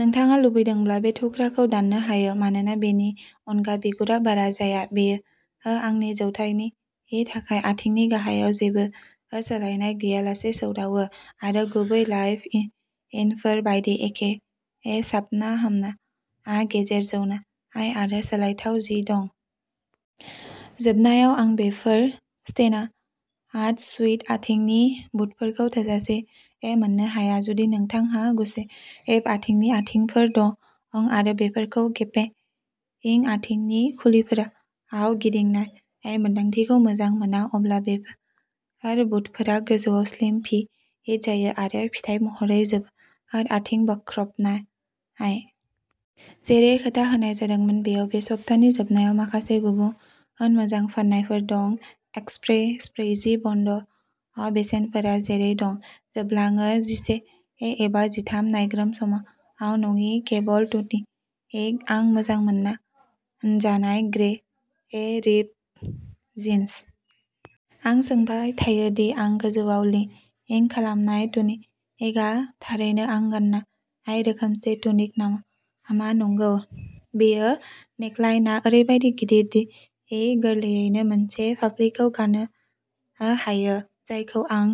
नोंथाङा लुबैदोंब्ला बे थुख्राखौ दाननो हायो, मानोना बेनि अनगा बिगुरा बारा जाया। बेयो आंनि जौथायनि थाखाय आथिंनि गाहायाव जेबो सोलायनाय गैयालासे सौदावो, आरो गुबै लाइभ-इनफोर बायदि एखे साबनाहामना गेजेर जौनाय आरो सोलायथाव जि दं। जोबनायाव, आं बेफोर चेस्टनाट सुइड आथिंनि बुटफोरखौ थोजासे मोननो हाया। जुदि नोंथांहा गुसेब आथिंनि आथिंफोर दं आरो बेफोरखौ गेपिं आथिंनि खुलिफोराव गिदिंनाय मोन्दांथिखौ मोजां मोना, अब्ला बेफोर बुटफोरा गोजौआव स्लिम फिट जायो आरो फिथाय महरै जोबोद आथिं-बाख्राबनाय। जेरै खोथा होनाय जादोंमोन, बेयाव बे सप्तानि जोबनायाव माखासे गुबुन मोजां फान्नायफोर दं एक्सप्रेस ब्रैजि बन्द, बेसेनफोरा जेरै दं। जोबलाङो जिसे एबा जिथाम। नायग्रोम समान नङि केबल टुनिक, आंनि मोजां मोनजानाय ग्रे रिप्ड जिन्स। आं सोंबाय थायो दि आं गोजौआव लिंक खालामनाय टुनिकआ थारैनो आं गान्नाय रोखोमसे टुनिक नामा नंगौ, बेयो नेकलाइनआ ओरैबायदि गिदिर दि गोरलैयैनो मोनसे फाफ्लिखौ गानो हायो, जायखौ आं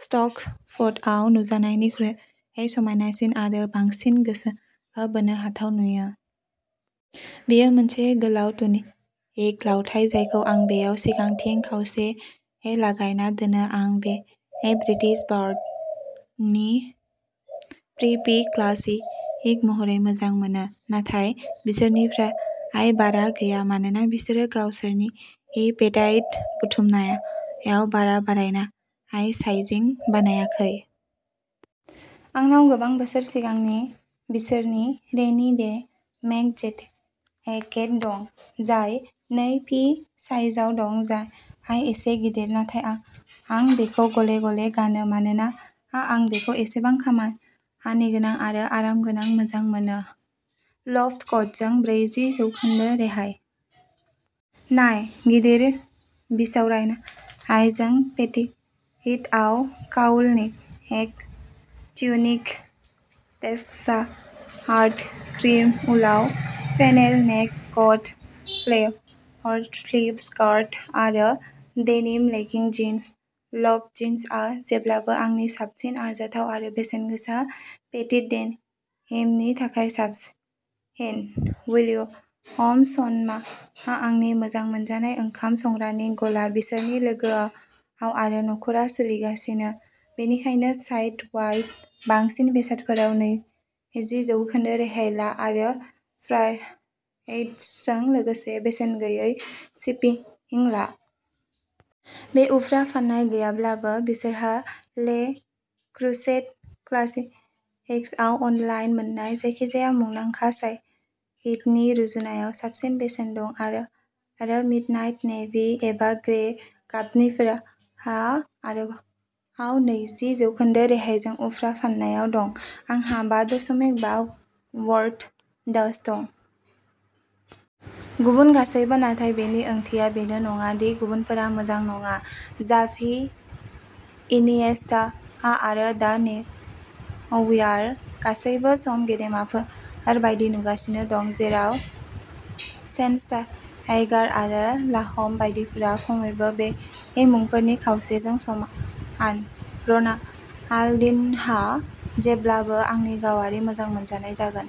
स्ट'क फट'आव नुजानायनिख्रुइ समायनासिन आरो बांसिन गोसो बोनो हाथाव नुयो। बेयो मोनसे गोलाव टुनिक लावथाइ जायखौ आं बेयाव सिगांथिं खावसे-लागायना दोनो। आं बे ब्रिटिश ब्रान्डनि प्रिपि क्लासिक महरखौ मोजां मोनो, नाथाय बिसोरनिफ्राय बारा गैया मानोना बिसोरो गावसोरनि पेटाइट बुथुमनायाव बारा बारायनाय साइजिं बानायाखै। आंनाव गोबां बोसोर सिगांनि बिसोरनि रेनि डे मेक जेकेट दं, जाय नै पि साइजआव दं, जाय एसे गिदिर, नाथाय आं बेखौ गले-गले गानो मानोना आं बेखौ बेसेबां खामानिगोनां आरो आरामगोनां मोजां मोनो। लफ्ट-क'डजों ब्रैजि जौखोन्दो रेहाय। नाय गिदिर बिसावरायनायजों पेटिटआव cowl neck tunic, textured cream उलआव funnel neck cut, flared flippy skirt आरो डेनिम लेगिं जिन्स। लफ्ट जिन्सआ जेब्लाबो आंनि साबसिन आरजाथाव आरो बेसेनगोसा पेटिट डेनिमनि थाखाय साबसिन। विलियम्स सन'मा-आंनि मोजां मोनजानाय ओंखाम संग्रानि गला बिसोरनि लोगोफोर आरो नखरा सोलिगासिनो, बेनिखायनो साइट-वाइड बांसिन बेसादफोराव नैज् जौखोन्दो रेहाय ला आरो फ्राइन्डसजों लोगोसे बेसेन गैयै शिपिं ला। बे उफ्रा फान्नाय गैयाब्लाबो, बिसोरहा ले क्रुसेट क्लासिक्सआव अनलाइन मोन्नाय जायखिजाया मुंदांखा साइटनि रुजुनायाव साबसिन बेसेन दं आरो मिडनाइट नेभि एबा ग्रे गाबनिफोरा आरोबाव नैजि जौखोन्दो रेहायजों उफ्रा फान्नायाव दं। आंहा बा दशमिक बा क्वार्ट डाच दं। गुबुन गासैबो; नाथाय बेनि ओंथिया बेनो नङा दि गुबुनफोरा मोजां नङा। जाभि, इनिएस्टा आरो दा नेउयार गासैबो सम गेदेमाफोर बायदि नुगासिनो दं। जेराव श्वेनस्टाइगार आरो लाहम बायदिफोरा खमैबो बै मुंफोरनि खावसेजों समान। रनाल्डिनह'आ जेब्लाबो आंनि गावारि मोजां मोनजानाय जागोन।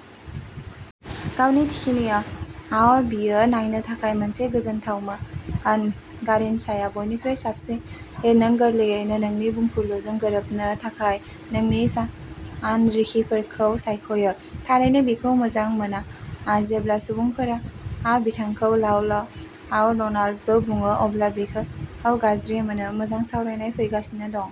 गावनि थिखिनियाव बियो नायनो थाखाय मोनसे गोजोनथावमोन। गारिनचाया बयनिख्रुइ साबसिन। नों गोरलैयैनो नोंनि बुंफुरलुजों गोरोबनो थाखाय नोंनि सानरिखिफोरखौ सायख'यो। थारैनो बेखौ मोजां मोना, जेब्ला सुबुंफोरा बिथांखौ'लाव-लाव'रनाल्ड'बो बुङो अब्ला बेखौ गाज्रि मोनो। मोजां सावरायनाय फैगासिनो दं।